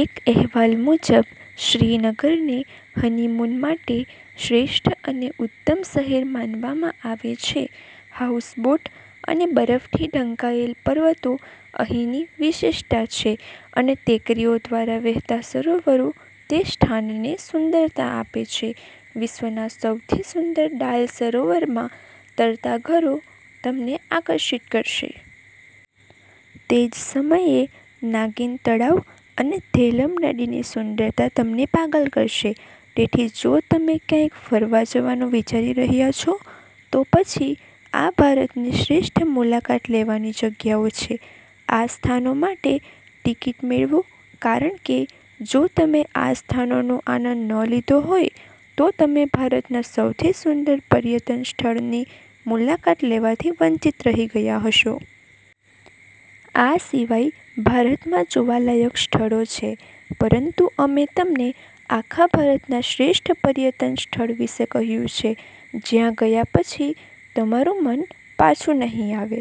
એક અહેવાલ મુજબ, શ્રીનગરને હનીમૂન માટે શ્રેષ્ઠ અને ઉત્તમ શહેર માનવામાં આવે છે. હાઉસબોટ અને બરફથી ઢંકાયેલ પર્વતો અહીંની વિશેષતા છે અને ટેકરીઓ દ્વારા વહેતા સરોવરો તે સ્થાનને સુંદરતા આપે છે. વિશ્વના સૌથી સુંદર ડાલ તળાવમાં તરતા ઘરો તમને આકર્ષિત કરશે. તે જ સમયે, નાગિન તળાવ અને ધેલમ નદીની સુંદરતા તમને પાગલ કરશે. તેથી જો તમે ક્યાંક ફરવા જવાનું વિચારી રહ્યા છો, તો પછી આ ભારતની શ્રેષ્ઠ મુલાકાત લેવાની જગ્યાઓ છે – આ સ્થાનો માટે ટિકિટ મેળવો કારણ કે, જો તમે આ સ્થાનોનો આનંદ ન લીધો હોય તો તમે ભારતના સૌથી સુંદર પર્યટન સ્થળની મુલાકાત લેવાથી વંચિત રહી ગયા હશો. આ સિવાય ભારતમાં જોવાલાયક સ્થળો છે. પરંતુ અમે તમને આખા ભારતના શ્રેષ્ઠ પર્યટન સ્થળ વિશે કહ્યું છે, જ્યાં ગયા પછી તમારું મન પાછું નહીં આવે.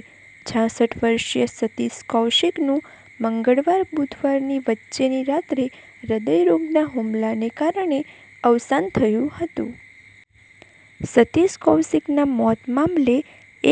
છાસઠ વર્ષીય સતીશ કૌશિકનું મંગળવાર-બુધવારની વચ્ચેની રાત્રે હૃદયરોગના હુમલાને કારણે અવસાન થયું હતું. સતીશ કૌશિકના મોત મામલે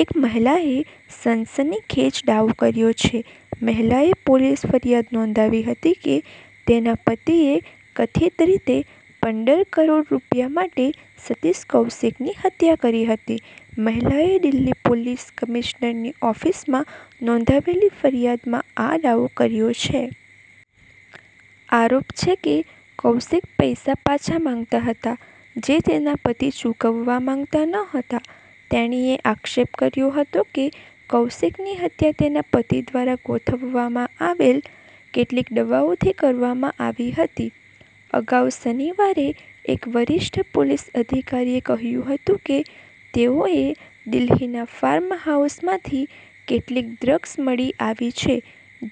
એક મહિલાએ સનસનીખેજ દાવો કર્યો છે. મહિલાએ પોલીસ ફરિયાદ નોંધાવી હતી કે તેના પતિએ કથિત રીતે પંદર કરોડ રૂપિયા માટે સતીશ કૌશિકની હત્યા કરી હતી. મહિલાએ દિલ્હી પોલીસ કમિશનરની ઓફિસમાં નોંધાવેલી ફરિયાદમાં આ દાવો કર્યો છે. આરોપ છે કે કૌશિક પૈસા પાછા માંગતા હતા, જે તેના પતિ ચૂકવવા માંગતા ન હતા. તેણીએ આક્ષેપ કર્યો હતો કે, કૌશિકની હત્યા તેના પતિ દ્વારા ગોઠવવામાં આવેલી કેટલીક દવાઓથી કરવામાં આવી હતી. અગાઉ શનિવારે, એક વરિષ્ઠ પોલીસ અધિકારીએ કહ્યું હતું કે, તેઓએ દિલ્હીના ફાર્મહાઉસમાંથી કેટલીક 'ડ્રગ્સ' મળી આવી છે,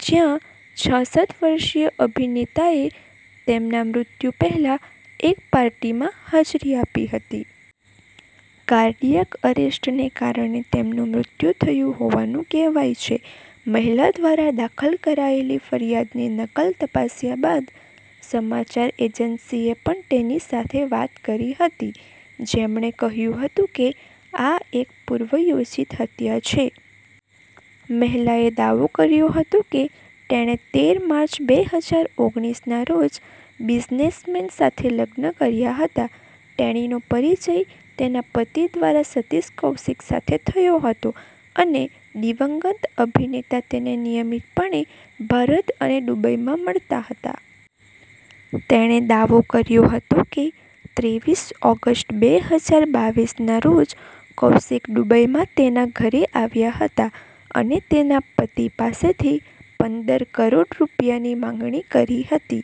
જ્યાં છાસઠ વર્ષીય અભિનેતાએ તેમના મૃત્યુ પહેલાં એક પાર્ટીમાં હાજરી આપી હતી. કાર્ડિયાક અરેસ્ટને કારણે તેમનું મૃત્યુ થયું હોવાનું કહેવાય છે. મહિલા દ્વારા દાખલ કરાયેલી ફરિયાદની નકલ તપાસ્યા બાદ સમાચાર એજન્સી એ પણ તેની સાથે વાત કરી હતી, જેમણે કહ્યું હતું કે આ એક પૂર્વયોજિત હત્યા છે. મહિલાએ દાવો કર્યો હતો કે, તેણે તેર માર્ચ બે હજાર ઓગણીસ ના રોજ બિઝનેસમેન સાથે લગ્ન કર્યા હતા. તેણીનો પરિચય તેના પતિ દ્વારા સતીશ કૌશિક સાથે થયો હતો અને દિવંગત અભિનેતા તેને નિયમિતપણે ભારત અને દુબઈમાં મળતા હતા. તેણે દાવો કર્યો હતો કે, ત્રેવીસ ઓગસ્ટ બે હજાર બાવીસના રોજ કૌશિક દુબઈમાં તેના ઘરે આવ્યા હતા અને તેના પતિ પાસેથી પંદર કરોડ રૂપિયાની માંગણી કરી હતી.